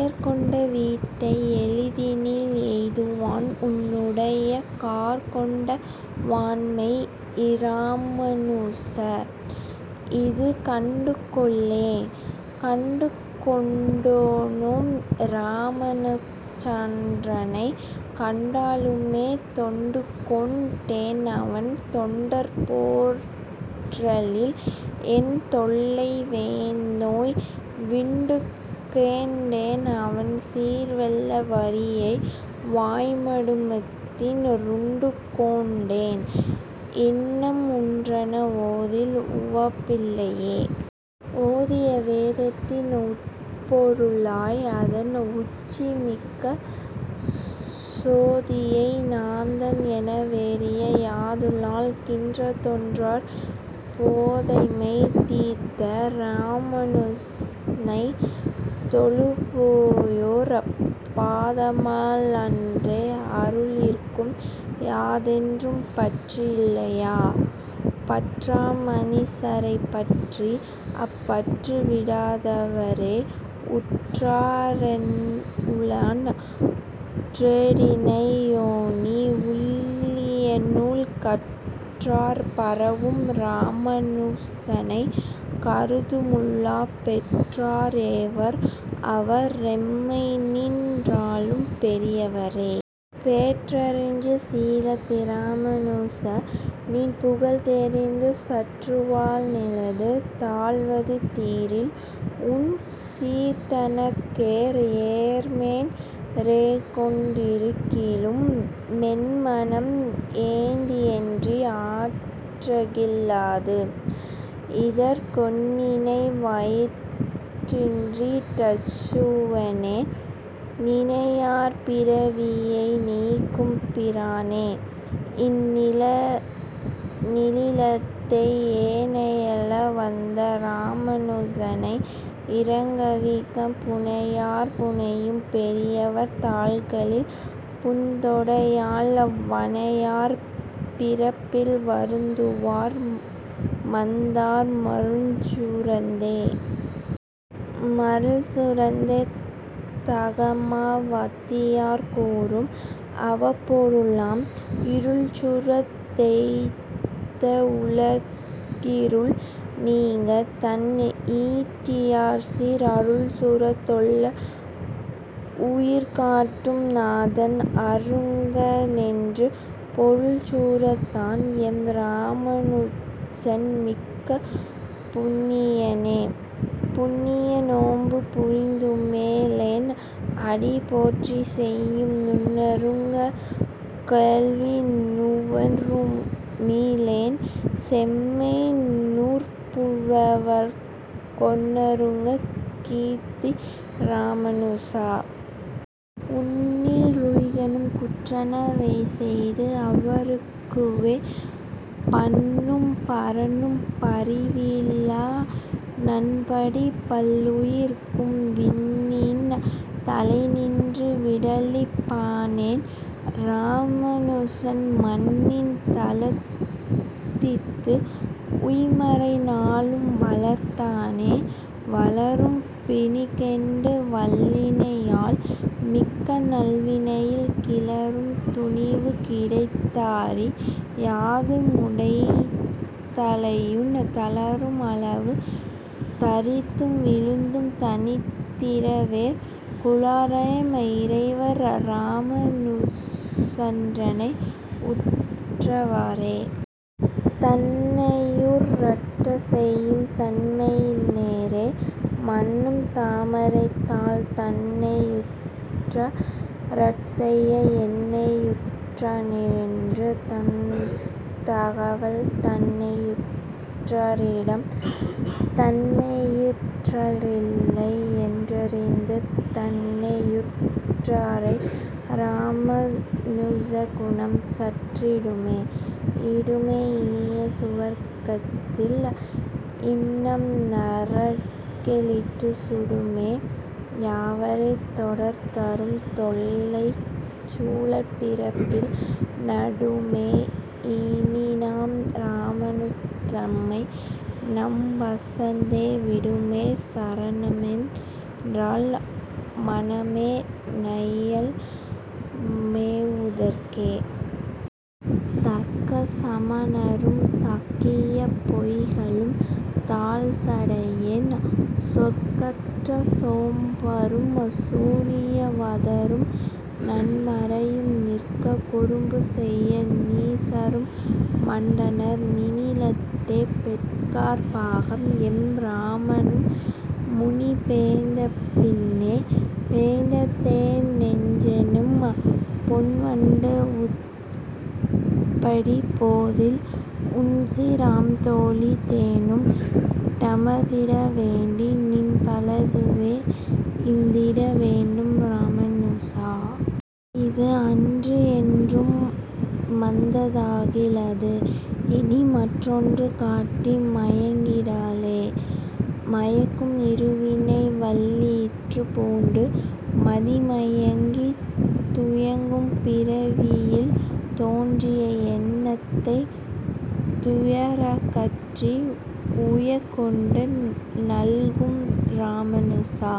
எர்கொண்ட வீட்டை எளிதினில் எய்துவன் உன்னுடைய கார்கொண்ட வாண்மை இராமா னுச. இது கண்டுகொள்ளே. கண்டுகொண் டேனெம் இராமா னுசன்றன்னை காண்டலுமே தொண்டுகொண் டேன்அவன் தொண்டர்பொற் றாளில்என் தொல்லை வெந்நோய் விண்டுகொண் டேன்அவன் சீர்வெள்ள வாரியை வாய்மடுத்தின் றுண்டுகொண் டேன், இன்னம் உற்றன ஓதில் உவப்பில்லையே. ஓதிய வேதத்தின் உட்பொரு ளய், அதன் உச்சிமிக்க சோதியை நாதன் எனவெறி யாதுழல் கின்றதொண்டர் பேபோதைமை தீர்த்த இராமா னுசனைத் தொழும்பெரியோர் பாதமல் லாலென்றன் ஆருயிர்க்கு யாதொன்றும் பற்றில்லையை. பற்றா மனிசரைப் பற்றி, அப் பற்று விடாதவரே உற்றா ரெனவுழன் றோடிநை யேனினி, ஒள்ளியநூல் கற்றார் பரவும் இராமா னுசனைக் கருதுமுள்ளம் பெற்றார் எவர், அவ ரெம்மைநின் றாளும் பெரியவரே. பற்றருஞ் சீலத் திராமா னுச, நின் புகழ்தெரிந்து சாற்றுவ னேலது தாழ்வது தீரில், உன் சீர்தனக்கோர் ஏற்றமென் றேகொண் டிருக்கிலு மென்மனம் ஏத்தியன்றி ஆற்றகில் லாது, இதற் கென்னினை வாயென்றிட் டஞ்சுவனே. நினையார் பிறவியை நீக்கும் பிரானை, இந் நீணிலத்தே எனையாள வந்த இராமா னுசனை இருங்கவிகள் புனையார் புனையும் பெரியவர் தாள்களில் பூந்தொடையல் வனையார் பிறப்பில் வருந்துவர் மாந்தர் மருள்சுரந்தே. மருள்சுரந் தாகம வாதியர் கூறும், அவப்பொருளாம் இருள்சுரந் தெய்த்த உலகிருள் நீங்கத், தன் ஈண்டியசீர் அருள்சுரந் தெல்லா வுயிர்கட்கும் நாதன் அரங்கனென்னும் பொருள்சுரந் தான், எம் இராமா னுசன்மிக்க புண்ணியனே. புண்ணிய நோன்பு புரிந்துமி லேன், அடி போற்றிசெய்யும் நுண்ணருங் கேள்வி நுவன்றுமி லேன், செம்மை நூற்புலவர்க் கெண்ணருங் கீர்த்தி இராமா னுச. உண்ணின் றுயிர்களுக் குற்றன வேசெய்து அவர்க்குயவே பண்ணும் பரனும் பரிவில னம்படி பல்லுயிர்க்கும் விண்ணின் தலைநின்று விடளிப் பானெம் இராமானுசன் மண்ணின் தலத்துதித்து உய்மறை நாலும் வளர்த்தனனே. வளரும் பிணிகொண்ட வல்வினை யால், மிக்க நல்வினையில் கிளரும் துணிவு கிடைத்தறி யாது முடைத்தலையூன் தளரும் அளவும் தரித்தும் விழுந்தும் தனிதிரிவேற் குளரெம் இறைவர் இராமா னுசன்றன்னை உற்றவரே. தன்னையுற் றாட்செய்யும் தன்மையி னோர், மன்னு தாமரைத்தாள் தன்னையுற் றாட்செய்ய என்னையுற் றானின்று தன்தகவால் தன்னையுற் றாரன்றித் தன்மையுற் றாரில்லை என்றறிந்து தன்னையுற் றாரை இராமா னுசன்குணம் சாற்றிடுமே. இடுமே இனிய சுவர்க்கத்தில் இன்னம் நரகிலிட்டுச் சுடுமே யவற்றைத் தொடர்தரு தொல்லைச் சுழல்பிறப்பில் நடுமே யினிநம் இராமா னுசன்நம்மை நம்வசத்தே விடுமே சரணமென் றால், மன மே நையல் மேவுதற்கே? தற்கச் சமணரும் சாக்கியப் பேய்களும் தாழ்சடையோன் சொற்கற்ற சோம்பரும் சூனிய வாதரும் நான்மறையும் நிற்கக் குறும்புசெய் நீசரும் மாண்டனர் நீணிலத்தே பொற்கற் பகம், எம் இராமா னுசமுனி போந்தபின்னே. போந்ததென் னெஞ்சென்னும் பொன்வண்டு உனதடிப் போதில் ஒண்சீர் ஆம்தெளி தேனுண் டமர்ந்திட வேண்டி, நின் பாலதுவே ஈந்திட வேண்டும் இராமா னுச. இது அன்றியன்றும் மந்தகில் லது, இனி மற்றொன்று காட்டி மயக்கிடலே. மயக்கும் இருவினை வல்லியிற் பூண்டு மதிமயங்கித் துயக்கும் பிறவியில் தோன்றிய என்னைத் துயரகற்றி உயக்கொண்டு நல்கும் இராமா னுச.